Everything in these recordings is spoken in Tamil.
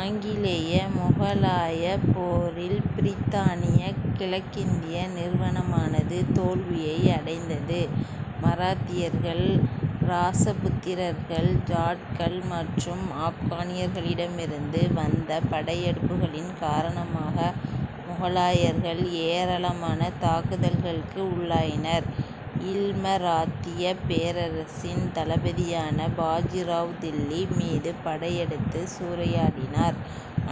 ஆங்கிலேய முகலாயப் போரில் பிரித்தானியக் கிழக்கிந்திய நிறுவனமானது தோல்வியை அடைந்தது. மராத்தியர்கள் இராசபுத்திரர்கள் ஜாட்கள் மற்றும் ஆப்கானியர்களிடமிருந்து வந்த படையெடுப்புகளின் காரணமாக முகலாயர்கள் ஏராளமான தாக்குதல்களுக்கு உள்ளாயினர். இல் மராத்தியப் பேரரசின் தளபதியான பாஜிராவ் தில்லி மீது படையெடுத்துச் சூறையாடினார்.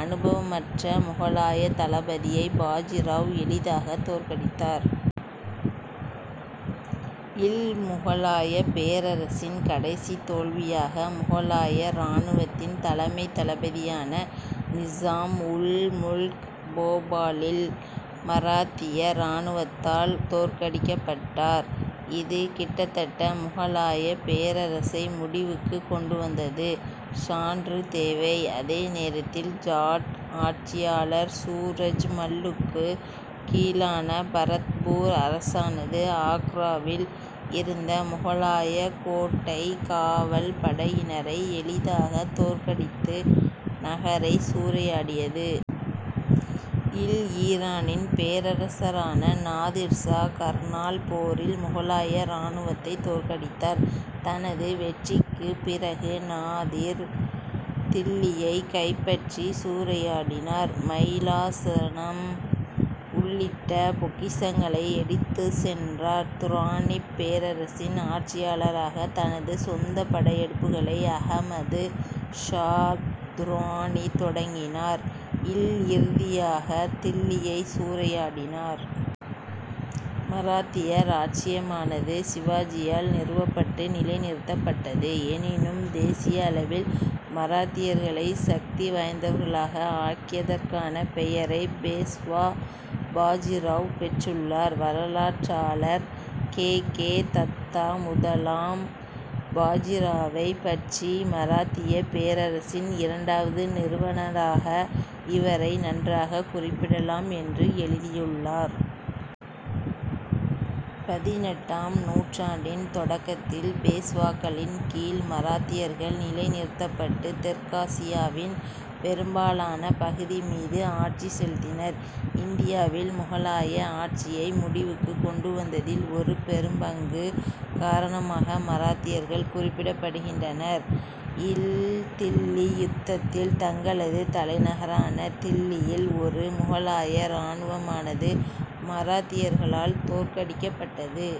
அனுபவமற்ற முகலாயத் தளபதியை பாஜிராவ் எளிதாகத் தோற்கடித்தார். இல் முகலாயப் பேரரசின் கடைசித் தோல்வியாக முகலாய இராணுவத்தின் தலைமைத் தளபதியான நிசாம் உல் முல்க் போபாலில் மராத்திய இராணுவத்தால் தோற்கடிக்கப்பட்டார். இது கிட்டத்தட்ட முகலாயப் பேரரசை முடிவுக்குக் கொண்டு வந்தது. சான்று தேவை அதே நேரத்தில் ஜாட் ஆட்சியாளர் சூரஜ் மல்லுக்குக் கீழான பரத்பூர் அரசானது ஆக்ராவில் இருந்த முகலாயக் கோட்டைக் காவல் படையினரை எளிதாகத் தோற்கடித்து நகரைச் சூறையாடியது. இல் ஈரானின் பேரரசரான நாதிர் ஷா கர்னால் போரில் முகலாய இராணுவத்தைத் தோற்கடித்தார். தனது வெற்றிக்குப் பிறகு நாதிர் தில்லியைக் கைப்பற்றிச் சூறையாடினார். மயிலாசனம் உள்ளிட்ட பொக்கிஷங்களை எடுத்துச் சென்றார். துராணிப் பேரரசின் ஆட்சியாளராக தனது சொந்தப் படையெடுப்புகளை அகமது ஷா துராணி தொடங்கினார். இல் இறுதியாக தில்லியைச் சூறையாடினார். மராத்திய இராச்சியமானது சிவாஜியால் நிறுவப்பட்டு, நிலை நிறுத்தப்பட்டது. எனினும், தேசிய அளவில் மராத்தியர்களை சக்தி வாய்ந்தவர்களாக ஆக்கியதற்கான பெயரை பேஷ்வா பாஜிராவ் பெற்றுள்ளார். வரலாற்றாளர் கே. கே. தத்தா முதலாம் பாஜிராவைப் பற்றி மராத்தியப் பேரரசின் இரண்டாவது நிறுவனராக இவரை நன்றாகக் குறிப்பிடலாம் என்று எழுதியுள்ளார். பதினெட்டாம் நூற்றாண்டின் தொடக்கத்தில் பேஷ்வாக்களின் கீழ் மராத்தியர்கள் நிலை நிறுத்தப்பட்டு, தெற்காசியாவின் பெரும்பாலான பகுதி மீது ஆட்சி செலுத்தினர். இந்தியாவில் முகலாய ஆட்சியை முடிவுக்குக் கொண்டு வந்ததில் ஒரு பெரும் பங்கு காரணமாக மராத்தியர்கள் குறிப்பிடப்படுகின்றனர். இல் தில்லி யுத்தத்தில் தங்களது தலைநகரான தில்லியில் ஒரு முகலாய இராணுவமானது மராத்தியர்களால் தோற்கடிக்கப்பட்டது.